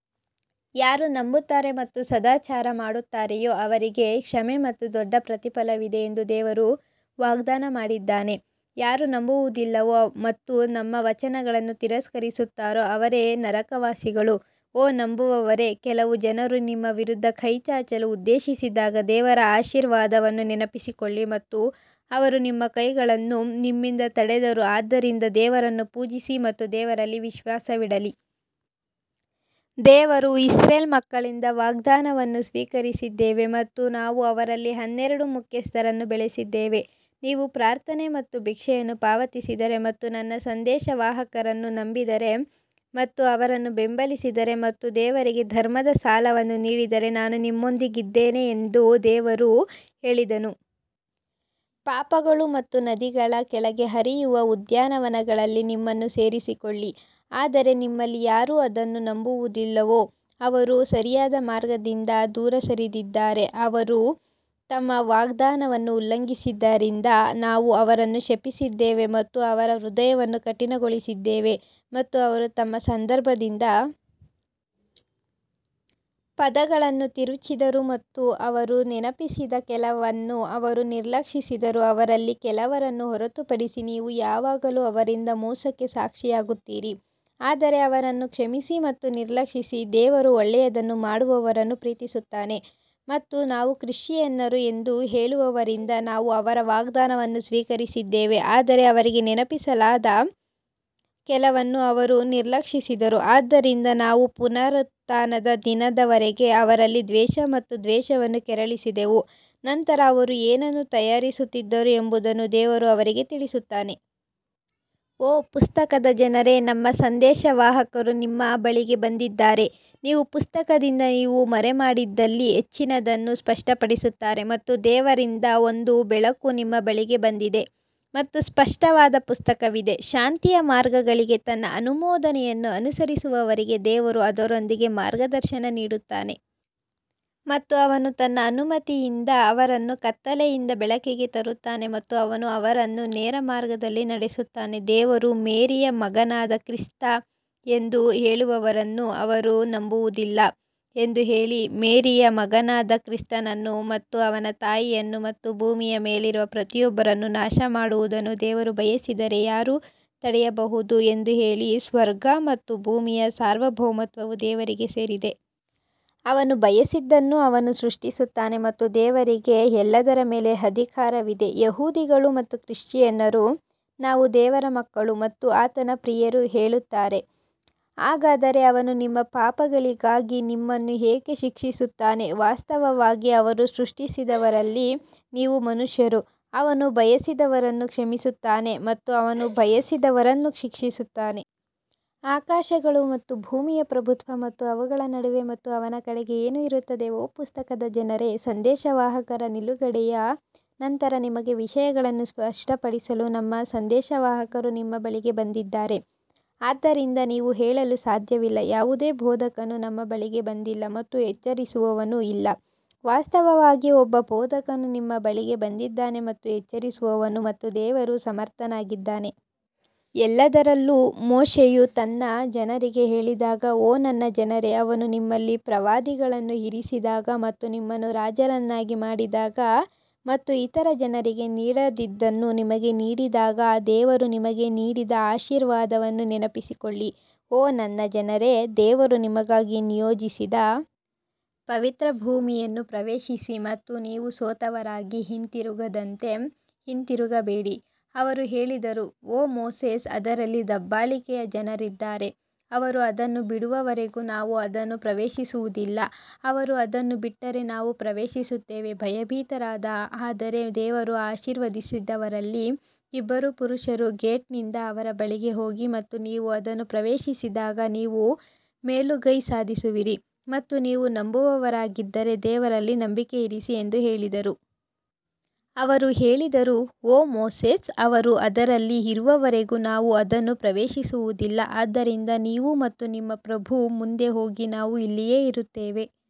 ಯಾರು ನಂಬುತ್ತಾರೆ ಮತ್ತು ಸದಾಚಾರ ಮಾಡುತ್ತಾರೆಯೋ ಅವರಿಗೆ ಕ್ಷಮೆ ಮತ್ತು ದೊಡ್ಡ ಪ್ರತಿಫಲವಿದೆ ಎಂದು ದೇವರು ವಾಗ್ದಾನ ಮಾಡಿದ್ದಾನೆ ಯಾರು ನಂಬುವುದಿಲ್ಲವೋ ಮತ್ತು ನಮ್ಮ ವಚನಗಳನ್ನು ತಿರಸ್ಕರಿಸುತ್ತಾರೋ ಅವರೇ ನರಕವಾಸಿಗಳು ಓ ನಂಬುವವರೇ, ಕೆಲವು ಜನರು ನಿಮ್ಮ ವಿರುದ್ಧ ಕೈಚಾಚಲು ಉದ್ದೇಶಿಸಿದಾಗ ದೇವರ ಆಶೀರ್ವಾದವನ್ನು ನೆನಪಿಸಿಕೊಳ್ಳಿ ಮತ್ತು ಅವರು ನಿಮ್ಮ ಕೈಗಳನ್ನು ನಿಮ್ಮಿಂದ ತಡೆದರು ಆದ್ದರಿಂದ ದೇವರನ್ನು ಪೂಜಿಸಿ ಮತ್ತು ದೇವರಲ್ಲಿ ವಿಶ್ವಾಸವಿಡಲಿ. ದೇವರು ಇಸ್ರೇಲ್ ಮಕ್ಕಳಿಂದ ವಾಗ್ದಾನವನ್ನು ಸ್ವೀಕರಿಸಿದ್ದೇವೆ ಮತ್ತು ನಾವು ಅವರಲ್ಲಿ ಹನ್ನೆರಡು ಮುಖ್ಯಸ್ಥರನ್ನು ಬೆಳೆಸಿದ್ದೇವೆ, ನೀವು ಪ್ರಾರ್ಥನೆ ಮತ್ತು ಭಿಕ್ಷೆಯನ್ನು ಪಾವತಿಸಿದರೆ ಮತ್ತು ನನ್ನ ಸಂದೇಶವಾಹಕರನ್ನು ನಂಬಿದರೆ ಮತ್ತು ಅವರನ್ನು ಬೆಂಬಲಿಸಿದರೆ ಮತ್ತು ದೇವರಿಗೆ ಧರ್ಮದ ಸಾಲವನ್ನು ನೀಡಿದರೆ ನಾನು ನಿಮ್ಮೊಂದಿಗಿದ್ದೇನೆ ಎಂದು ದೇವರು ಹೇಳಿದನು. ಪಾಪಗಳು ಮತ್ತು ನದಿಗಳ ಕೆಳಗೆ ಹರಿಯುವ ಉದ್ಯಾನವನಗಳಲ್ಲಿ ನಿಮ್ಮನ್ನು ಸೇರಿಸಿಕೊಳ್ಳಿ ಆದರೆ ನಿಮ್ಮಲ್ಲಿ ಯಾರು ಅದನ್ನು ನಂಬುವುದಿಲ್ಲವೋ ಅವರು ಸರಿಯಾದ ಮಾರ್ಗದಿಂದ ದೂರ ಸರಿದಿದ್ದಾರೆ ಅವರು ತಮ್ಮ ವಾಗ್ದಾನವನ್ನು ಉಲ್ಲಂಘಿಸಿದ್ದರಿಂದ ನಾವು ಅವರನ್ನು ಶಪಿಸಿದ್ದೇವೆ ಮತ್ತು ಅವರ ಹೃದಯವನ್ನು ಕಠಿಣಗೊಳಿಸಿದ್ದೇವೆ ಮತ್ತು ಅವರು ತಮ್ಮ ಸಂದರ್ಭದಿಂದ ಪದಗಳನ್ನು ತಿರುಚಿದರು ಮತ್ತು ಅವರು ನೆನಪಿಸಿದ ಕೆಲವನ್ನು ಅವರು ನಿರ್ಲಕ್ಷಿಸಿದರು ಅವರಲ್ಲಿ ಕೆಲವರನ್ನು ಹೊರತುಪಡಿಸಿ ನೀವು ಯಾವಾಗಲೂ ಅವರಿಂದ ಮೋಸಕ್ಕೆ ಸಾಕ್ಷಿಯಾಗುತ್ತೀರಿ ಆದರೆ ಅವರನ್ನು ಕ್ಷಮಿಸಿ ಮತ್ತು ನಿರ್ಲಕ್ಷಿಸಿ ದೇವರು ಒಳ್ಳೆಯದನ್ನು ಮಾಡುವವರನ್ನು ಪ್ರೀತಿಸುತ್ತಾನೆ ಮತ್ತು ನಾವು ಕ್ರಿಶ್ಚಿಯನ್ನರು ಎಂದು ಹೇಳುವವರಿಂದ ನಾವು ಅವರ ವಾಗ್ದಾನವನ್ನು ಸ್ವೀಕರಿಸಿದ್ದೇವೆ ಆದರೆ ಅವರಿಗೆ ನೆನಪಿಸಲಾದ ಕೆಲವನ್ನು ಅವರು ನಿರ್ಲಕ್ಷಿಸಿದರು ಆದ್ದರಿಂದ ನಾವು ಪುನರುತ್ಥಾನದ ದಿನದವರೆಗೆ ಅವರಲ್ಲಿ ದ್ವೇಷ ಮತ್ತು ದ್ವೇಷವನ್ನು ಕೆರಳಿಸಿದೆವು ನಂತರ ಅವರು ಏನನ್ನು ತಯಾರಿಸುತ್ತಿದ್ದರು ಎಂಬುದನ್ನು ದೇವರು ಅವರಿಗೆ ತಿಳಿಸುತ್ತಾನೆ. ಓ ಪುಸ್ತಕದ ಜನರೇ, ನಮ್ಮ ಸಂದೇಶವಾಹಕರು ನಿಮ್ಮ ಬಳಿಗೆ ಬಂದಿದ್ದಾರೆ, ನೀವು ಪುಸ್ತಕದಿಂದ ನೀವು ಮರೆಮಾಡಿದ್ದಲ್ಲಿ ಹೆಚ್ಚಿನದನ್ನು ಸ್ಪಷ್ಟಪಡಿಸುತ್ತಾರೆ ಮತ್ತು ದೇವರಿಂದ ಒಂದು ಬೆಳಕು ನಿಮ್ಮ ಬಳಿಗೆ ಬಂದಿದೆ ಮತ್ತು ಸ್ಪಷ್ಟವಾದ ಪುಸ್ತಕವಿದೆ. ಶಾಂತಿಯ ಮಾರ್ಗಗಳಿಗೆ ತನ್ನ ಅನುಮೋದನೆಯನ್ನು ಅನುಸರಿಸುವವರಿಗೆ ದೇವರು ಅದರೊಂದಿಗೆ ಮಾರ್ಗದರ್ಶನ ನೀಡುತ್ತಾನೆ ಮತ್ತು ಅವನು ತನ್ನ ಅನುಮತಿಯಿಂದ ಅವರನ್ನು ಕತ್ತಲೆಯಿಂದ ಬೆಳಕಿಗೆ ತರುತ್ತಾನೆ ಮತ್ತು ಅವನು ಅವರನ್ನು ನೇರ ಮಾರ್ಗದಲ್ಲಿ ನಡೆಸುತ್ತಾನೆ ದೇವರು ಮೇರಿಯ ಮಗನಾದ ಕ್ರಿಸ್ತ ಎಂದು ಹೇಳುವವರನ್ನು ಅವರು ನಂಬುವುದಿಲ್ಲ ಎಂದು ಹೇಳಿ, ಮೇರಿಯ ಮಗನಾದ ಕ್ರಿಸ್ತನನ್ನು ಮತ್ತು ಅವನ ತಾಯಿಯನ್ನು ಮತ್ತು ಭೂಮಿಯ ಮೇಲಿರುವ ಪ್ರತಿಯೊಬ್ಬರನ್ನು ನಾಶಮಾಡುವುದನ್ನು ದೇವರು ಬಯಸಿದರೆ ಯಾರು ತಡೆಯಬಹುದು ಎಂದು ಹೇಳಿ, ಸ್ವರ್ಗ ಮತ್ತು ಭೂಮಿಯ ಸಾರ್ವಭೌಮತ್ವವು ದೇವರಿಗೆ ಸೇರಿದೆ. ಅವನು ಬಯಸಿದ್ದನ್ನು ಅವನು ಸೃಷ್ಟಿಸುತ್ತಾನೆ ಮತ್ತು ದೇವರಿಗೆ ಎಲ್ಲದರ ಮೇಲೆ ಅಧಿಕಾರವಿದೆ ಯಹೂದಿಗಳು ಮತ್ತು ಕ್ರಿಶ್ಚಿಯನ್ನರು ನಾವು ದೇವರ ಮಕ್ಕಳು ಮತ್ತು ಆತನ ಪ್ರಿಯರು ಹೇಳುತ್ತಾರೆ, ಹಾಗಾದರೆ ಅವನು ನಿಮ್ಮ ಪಾಪಗಳಿಗಾಗಿ ನಿಮ್ಮನ್ನು ಏಕೆ ಶಿಕ್ಷಿಸುತ್ತಾನೆ, ವಾಸ್ತವವಾಗಿ ಅವನು ಸೃಷ್ಟಿಸಿದವರಲ್ಲಿ ನೀವು ಮನುಷ್ಯರು, ಅವನು ಬಯಸಿದವರನ್ನು ಕ್ಷಮಿಸುತ್ತಾನೆ ಮತ್ತು ಅವನು ಬಯಸಿದವರನ್ನು ಶಿಕ್ಷಿಸುತ್ತಾನೆ. ಆಕಾಶಗಳು ಮತ್ತು ಭೂಮಿಯ ಪ್ರಭುತ್ವ ಮತ್ತು ಅವುಗಳ ನಡುವೆ ಮತ್ತು ಅವನ ಕಡೆಗೆ ಏನು ಇರುತ್ತದೆ ಓ ಪುಸ್ತಕದ ಜನರೇ, ಸಂದೇಶವಾಹಕರ ನಿಲುಗಡೆಯ ನಂತರ ನಿಮಗೆ ವಿಷಯಗಳನ್ನು ಸ್ಪಷ್ಟಪಡಿಸಲು ನಮ್ಮ ಸಂದೇಶವಾಹಕರು ನಿಮ್ಮ ಬಳಿಗೆ ಬಂದಿದ್ದಾರೆ, ಆದ್ದರಿಂದ ನೀವು ಹೇಳಲು ಸಾಧ್ಯವಿಲ್ಲ, ಯಾವುದೇ ಬೋಧಕನು ನಮ್ಮ ಬಳಿಗೆ ಬಂದಿಲ್ಲ ಮತ್ತು ಎಚ್ಚರಿಸುವವನೂ ಇಲ್ಲ ವಾಸ್ತವವಾಗಿ ಒಬ್ಬ ಬೋಧಕನು ನಿಮ್ಮ ಬಳಿಗೆ ಬಂದಿದ್ದಾನೆ ಮತ್ತು ಎಚ್ಚರಿಸುವವನು ಮತ್ತು ದೇವರು ಸಮರ್ಥನಾಗಿದ್ದಾನೆ. ಎಲ್ಲದರಲ್ಲೂ ಮೋಶೆಯು ತನ್ನ ಜನರಿಗೆ ಹೇಳಿದಾಗ ಓ ನನ್ನ ಜನರೇ, ಅವನು ನಿಮ್ಮಲ್ಲಿ ಪ್ರವಾದಿಗಳನ್ನು ಇರಿಸಿದಾಗ ಮತ್ತು ನಿಮ್ಮನ್ನು ರಾಜರನ್ನಾಗಿ ಮಾಡಿದಾಗ ಮತ್ತು ಇತರ ಜನರಿಗೆ ನೀಡದಿದ್ದನ್ನು ನಿಮಗೆ ನೀಡಿದಾಗ ದೇವರು ನಿಮಗೆ ನೀಡಿದ ಆಶೀರ್ವಾದವನ್ನು ನೆನಪಿಸಿಕೊಳ್ಳಿ. ಓ ನನ್ನ ಜನರೇ, ದೇವರು ನಿಮಗಾಗಿ ನಿಯೋಜಿಸಿದ ಪವಿತ್ರ ಭೂಮಿಯನ್ನು ಪ್ರವೇಶಿಸಿ ಮತ್ತು ನೀವು ಸೋತವರಾಗಿ ಹಿಂತಿರುಗದಂತೆ ಹಿಂತಿರುಗಬೇಡಿ ಅವರು ಹೇಳಿದರು ಓ ಮೋಸೆಸ್ ಅದರಲ್ಲಿ ದಬ್ಬಾಳಿಕೆಯ ಜನರಿದ್ದಾರೆ ಅವರು ಅದನ್ನು ಬಿಡುವವರೆಗೂ ನಾವು ಅದನ್ನು ಪ್ರವೇಶಿಸುವುದಿಲ್ಲ ಅವರು ಅದನ್ನು ಬಿಟ್ಟರೆ ನಾವು ಪ್ರವೇಶಿಸುತ್ತೇವೆ ಭಯಭೀತರಾದ ಆದರೆ ದೇವರು ಆಶೀರ್ವದಿಸಿದವರಲ್ಲಿ ಇಬ್ಬರು ಪುರುಷರು ಗೇಟ್ನಿಂದ ಅವರ ಬಳಿಗೆ ಹೋಗಿ ಮತ್ತು ನೀವು ಅದನ್ನು ಪ್ರವೇಶಿಸಿದಾಗ ನೀವು ಮೇಲುಗೈ ಸಾಧಿಸುವಿರಿ ಮತ್ತು ನೀವು ನಂಬುವವರಾಗಿದ್ದರೆ ದೇವರಲ್ಲಿ ನಂಬಿಕೆ ಇರಿಸಿ ಎಂದು ಹೇಳಿದರು. ಅವರು ಹೇಳಿದರು ಓ ಮೋಸೆಸ್ ಅವರು ಅದರಲ್ಲಿ ಇರುವವರೆಗೂ ನಾವು ಅದನ್ನು ಪ್ರವೇಶಿಸುವುದಿಲ್ಲ ಆದ್ದರಿಂದ ನೀವು ಮತ್ತು ನಿಮ್ಮ ಪ್ರಭು ಮುಂದೆ ಹೋಗಿ ನಾವು ಇಲ್ಲಿಯೇ ಇರುತ್ತೇವೆ.